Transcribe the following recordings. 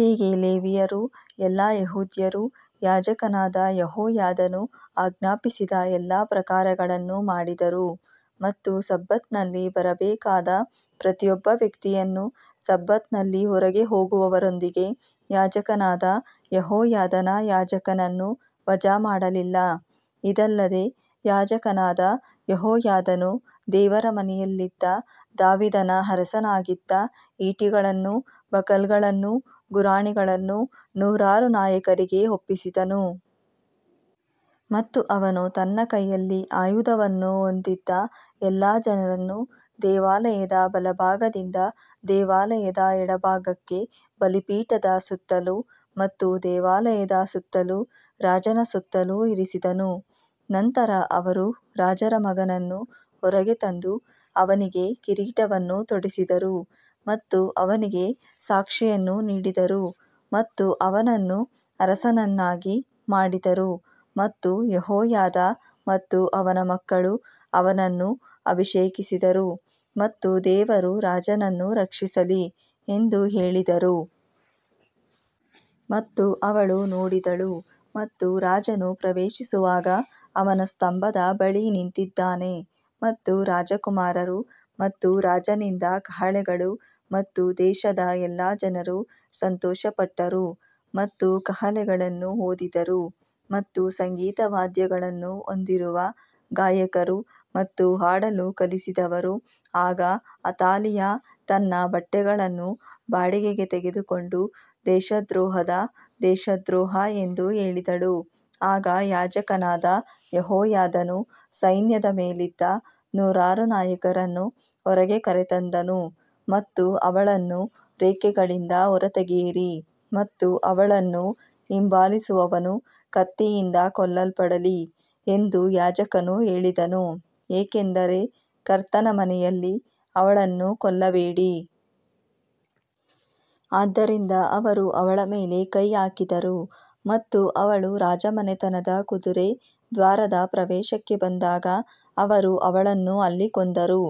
ಹೀಗೆ ಲೇವಿಯರೂ ಎಲ್ಲಾ ಯೆಹೂದ್ಯರೂ ಯಾಜಕನಾದ ಯೆಹೋಯಾದನು ಆಜ್ಞಾಪಿಸಿದ ಎಲ್ಲಾ ಪ್ರಕಾರಗಳನ್ನು ಮಾಡಿದರು ಮತ್ತು ಸಬ್ಬತ್ನಲ್ಲಿ ಬರಬೇಕಾದ ಪ್ರತಿಯೊಬ್ಬ ವ್ಯಕ್ತಿಯನ್ನು ಸಬ್ಬತ್ನಲ್ಲಿ ಹೊರಗೆ ಹೋಗುವವರೊಂದಿಗೆ ಯಾಜಕನಾದ ಯೆಹೋಯಾದಾನ ಯಾಜಕನನ್ನು ವಜಾಮಾಡಲಿಲ್ಲ. ಇದಲ್ಲದೆ ಯಾಜಕನಾದ ಯೆಹೋಯಾದನು ದೇವರ ಮನೆಯಲ್ಲಿದ್ದ ದಾವೀದನ ಅರಸನಾಗಿದ್ದ ಈಟಿಗಳನ್ನೂ ಬಕಲ್ಗಳನ್ನೂ ಗುರಾಣಿಗಳನ್ನೂ ನೂರಾರು ನಾಯಕರಿಗೆ ಒಪ್ಪಿಸಿದನು. ಮತ್ತು ಅವನು ತನ್ನ ಕೈಯಲ್ಲಿ ಆಯುಧವನ್ನು ಹೊಂದಿದ್ದ ಎಲ್ಲಾ ಜನರನ್ನು ದೇವಾಲಯದ ಬಲಭಾಗದಿಂದ ದೇವಾಲಯದ ಎಡಭಾಗಕ್ಕೆ ಬಲಿಪೀಠದ ಸುತ್ತಲೂ ಮತ್ತು ದೇವಾಲಯದ ಸುತ್ತಲೂ ರಾಜನ ಸುತ್ತಲೂ ಇರಿಸಿದನು. ನಂತರ ಅವರು ರಾಜರ ಮಗನನ್ನು ಹೊರಗೆ ತಂದು ಅವನಿಗೆ ಕಿರೀಟವನ್ನು ತೊಡಿಸಿದರು ಮತ್ತು ಅವನಿಗೆ ಸಾಕ್ಷಿಯನ್ನು ನೀಡಿದರು ಮತ್ತು ಅವನನ್ನು ಅರಸನನ್ನಾಗಿ ಮಾಡಿದರು ಮತ್ತು ಯೆಹೋಯಾದಾ ಮತ್ತು ಅವನ ಮಕ್ಕಳು ಅವನನ್ನು ಅಭಿಷೇಕಿಸಿದರು ಮತ್ತು ದೇವರು ರಾಜನನ್ನು ರಕ್ಷಿಸಲಿ ಎಂದು ಹೇಳಿದರು. ಮತ್ತು ಅವಳು ನೋಡಿದಳು ಮತ್ತು ರಾಜನು ಪ್ರವೇಶಿಸುವಾಗ ಅವನ ಸ್ತಂಭದ ಬಳಿ ನಿಂತಿದ್ದಾನೆ ಮತ್ತು ರಾಜಕುಮಾರರು ಮತ್ತು ರಾಜನಿಂದ ಕಹಳೆಗಳು ಮತ್ತು ದೇಶದ ಎಲ್ಲಾ ಜನರು ಸಂತೋಷಪಟ್ಟರು ಮತ್ತು ಕಹಳೆಗಳನ್ನು ಊದಿದರು ಮತ್ತು ಸಂಗೀತ ವಾದ್ಯಗಳನ್ನು ಹೊಂದಿರುವ ಗಾಯಕರು ಮತ್ತು ಹಾಡಲು ಕಲಿಸಿದವರು. ಆಗ ಅತಾಲಿಯಾ ತನ್ನ ಬಟ್ಟೆಗಳನ್ನು ಬಾಡಿಗೆಗೆ ತೆಗೆದುಕೊಂಡು ದೇಶದ್ರೋಹದ ದೇಶದ್ರೋಹ ಎಂದು ಹೇಳಿದಳು ಆಗ ಯಾಜಕನಾದ ಯೆಹೋಯಾದನು ಸೈನ್ಯದ ಮೇಲಿದ್ದ ನೂರಾರು ನಾಯಕರನ್ನು ಹೊರಗೆ ಕರೆತಂದನು ಮತ್ತು ಅವಳನ್ನು ರೇಖೆಗಳಿಂದ ಹೊರತೆಗೆಯಿರಿ ಮತ್ತು ಅವಳನ್ನು ಹಿಂಬಾಲಿಸುವವನು ಕತ್ತಿಯಿಂದ ಕೊಲ್ಲಲ್ಪಡಲಿ ಎಂದು ಯಾಜಕನು ಹೇಳಿದನು ಏಕೆಂದರೆ ಕರ್ತನ ಮನೆಯಲ್ಲಿ ಅವಳನ್ನು ಕೊಲ್ಲಬೇಡಿ. ಆದ್ದರಿಂದ ಅವರು ಅವಳ ಮೇಲೆ ಕೈ ಹಾಕಿದರು ಮತ್ತು ಅವಳು ರಾಜಮನೆತನದ ಕುದುರೆ ದ್ವಾರದ ಪ್ರವೇಶಕ್ಕೆ ಬಂದಾಗ ಅವರು ಅವಳನ್ನು ಅಲ್ಲಿ ಕೊಂದರು.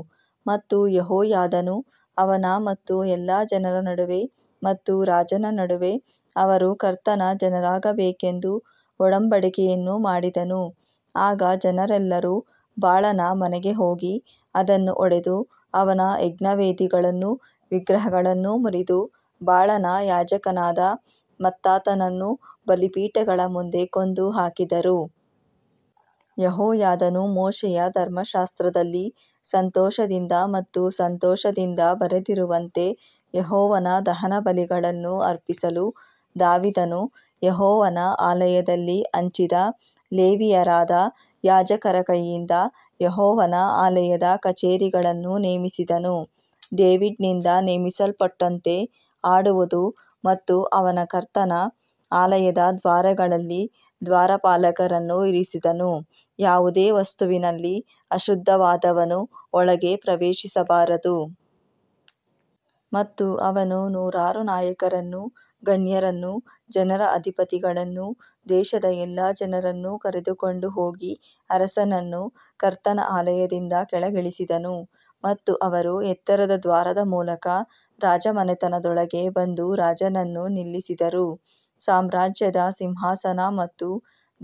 ಮತ್ತು ಯೆಹೋಯಾದನು ಅವನ ಮತ್ತು ಎಲ್ಲಾ ಜನರ ನಡುವೆ ಮತ್ತು ರಾಜನ ನಡುವೆ ಅವರು ಕರ್ತನ ಜನರಾಗಬೇಕೆಂದು ಒಡಂಬಡಿಕೆಯನ್ನು ಮಾಡಿದನು. ಆಗ ಜನರೆಲ್ಲರೂ ಬಾಳನ ಮನೆಗೆ ಹೋಗಿ ಅದನ್ನು ಒಡೆದು ಅವನ ಯಜ್ಞವೇದಿಗಳನ್ನೂ ವಿಗ್ರಹಗಳನ್ನೂ ಮುರಿದು ಬಾಳನ ಯಾಜಕನಾದ ಮತ್ತಾನನನ್ನು ಬಲಿಪೀಠಗಳ ಮುಂದೆ ಕೊಂದು ಹಾಕಿದರು. ಯೆಹೋಯಾದನು ಮೋಶೆಯ ಧರ್ಮಶಾಸ್ತ್ರದಲ್ಲಿ ಸಂತೋಷದಿಂದ ಮತ್ತು ಸಂತೋಷದಿಂದ ಬರೆದಿರುವಂತೆ ಯೆಹೋವನ ದಹನಬಲಿಗಳನ್ನು ಅರ್ಪಿಸಲು ದಾವೀದನು ಯೆಹೋವನ ಆಲಯದಲ್ಲಿ ಹಂಚಿದ ಲೇವಿಯರಾದ ಯಾಜಕರ ಕೈಯಿಂದ ಯೆಹೋವನ ಆಲಯದ ಕಚೇರಿಗಳನ್ನು ನೇಮಿಸಿದನು. ಡೇವಿಡ್ನಿಂದ ನೇಮಿಸಲ್ಪಟ್ಟಂತೆ ಹಾಡುವುದು ಮತ್ತು ಅವನು ಕರ್ತನ ಆಲಯದ ದ್ವಾರಗಳಲ್ಲಿ ದ್ವಾರಪಾಲಕರನ್ನು ಇರಿಸಿದನು, ಯಾವುದೇ ವಸ್ತುವಿನಲ್ಲಿ ಅಶುದ್ಧವಾದವನು ಒಳಗೆ ಪ್ರವೇಶಿಸಬಾರದು. ಮತ್ತು ಅವನು ನೂರಾರು ನಾಯಕರನ್ನೂ, ಗಣ್ಯರನ್ನೂ, ಜನರ ಅಧಿಪತಿಗಳನ್ನೂ, ದೇಶದ ಎಲ್ಲಾ ಜನರನ್ನು ಕರೆದುಕೊಂಡು ಹೋಗಿ ಅರಸನನ್ನು ಕರ್ತನ ಆಲಯದಿಂದ ಕೆಳಗಿಳಿಸಿದನು ಮತ್ತು ಅವರು ಎತ್ತರದ ದ್ವಾರದ ಮೂಲಕ ರಾಜಮನೆತನದೊಳಗೆ ಬಂದು ರಾಜನನ್ನು ನಿಲ್ಲಿಸಿದರು. ಸಾಮ್ರಾಜ್ಯದ ಸಿಂಹಾಸನ ಮತ್ತು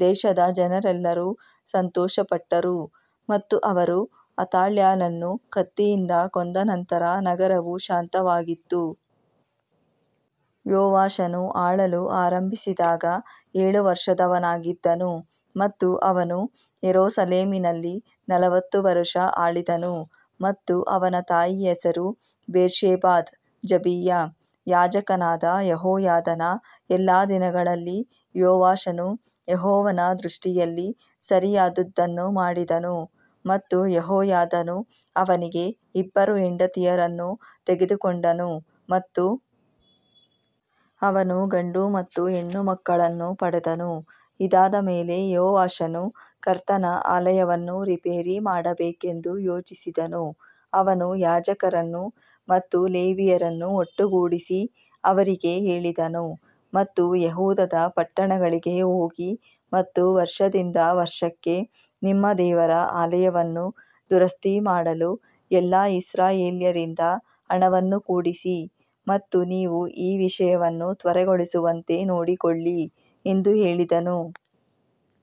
ದೇಶದ ಜನರೆಲ್ಲರೂ ಸಂತೋಷಪಟ್ಟರು ಮತ್ತು ಅವರು ಅಥಾಲ್ಯಳನ್ನು ಕತ್ತಿಯಿಂದ ಕೊಂದ ನಂತರ ನಗರವು ಶಾಂತವಾಗಿತ್ತು. ಯೋವಾಷನು ಆಳಲು ಆರಂಭಿಸಿದಾಗ ಏಳು ವರ್ಷದವನಾಗಿದ್ದನು ಮತ್ತು ಅವನು ಯೆರೂಸಲೇಮಿನಲ್ಲಿ ನಲವತ್ತು ವರುಷ ಆಳಿದನು ಮತ್ತು ಅವನ ತಾಯಿಯ ಹೆಸರು ಬೇರ್ಷೆಬಾದ ಜಿಬಿಯಾ. ಯಾಜಕನಾದ ಯೆಹೋಯಾದನ ಎಲ್ಲಾ ದಿನಗಳಲ್ಲಿ ಯೋವಾಷನು ಯೆಹೋವನ ದೃಷ್ಟಿಯಲ್ಲಿ ಸರಿಯಾದದ್ದನ್ನು ಮಾಡಿದನು. ಮತ್ತು ಯೆಹೋಯಾದನು ಅವನಿಗೆ ಇಬ್ಬರು ಹೆಂಡತಿಯರನ್ನು ತೆಗೆದುಕೊಂಡನು ಮತ್ತು ಅವನು ಗಂಡು ಮತ್ತು ಹೆಣ್ಣು ಮಕ್ಕಳನ್ನು ಪಡೆದನು ಇದಾದ ಮೇಲೆ ಯೋವಾಷನು ಕರ್ತನ ಆಲಯವನ್ನು ರಿಪೇರಿ ಮಾಡಬೇಕೆಂದು ಯೋಚಿಸಿದನು ಅವನು ಯಾಜಕರನ್ನು ಮತ್ತು ಲೇವಿಯರನ್ನು ಒಟ್ಟುಗೂಡಿಸಿ ಅವರಿಗೆ ಹೇಳಿದನು ಮತ್ತು ಯೆಹೂದದ ಪಟ್ಟಣಗಳಿಗೆ ಹೋಗಿ ಮತ್ತು ವರ್ಷದಿಂದ ವರ್ಷಕ್ಕೆ ನಿಮ್ಮ ದೇವರ ಆಲಯವನ್ನು ದುರಸ್ತಿ ಮಾಡಲು ಎಲ್ಲಾ ಇಸ್ರಾಯೇಲ್ಯರಿಂದ ಹಣವನ್ನು ಕೂಡಿಸಿ ಮತ್ತು ನೀವು ಈ ವಿಷಯವನ್ನು ತ್ವರೆಗೊಳಿಸುವಂತೆ ನೋಡಿಕೊಳ್ಳಿ ಎಂದು ಹೇಳಿದನು.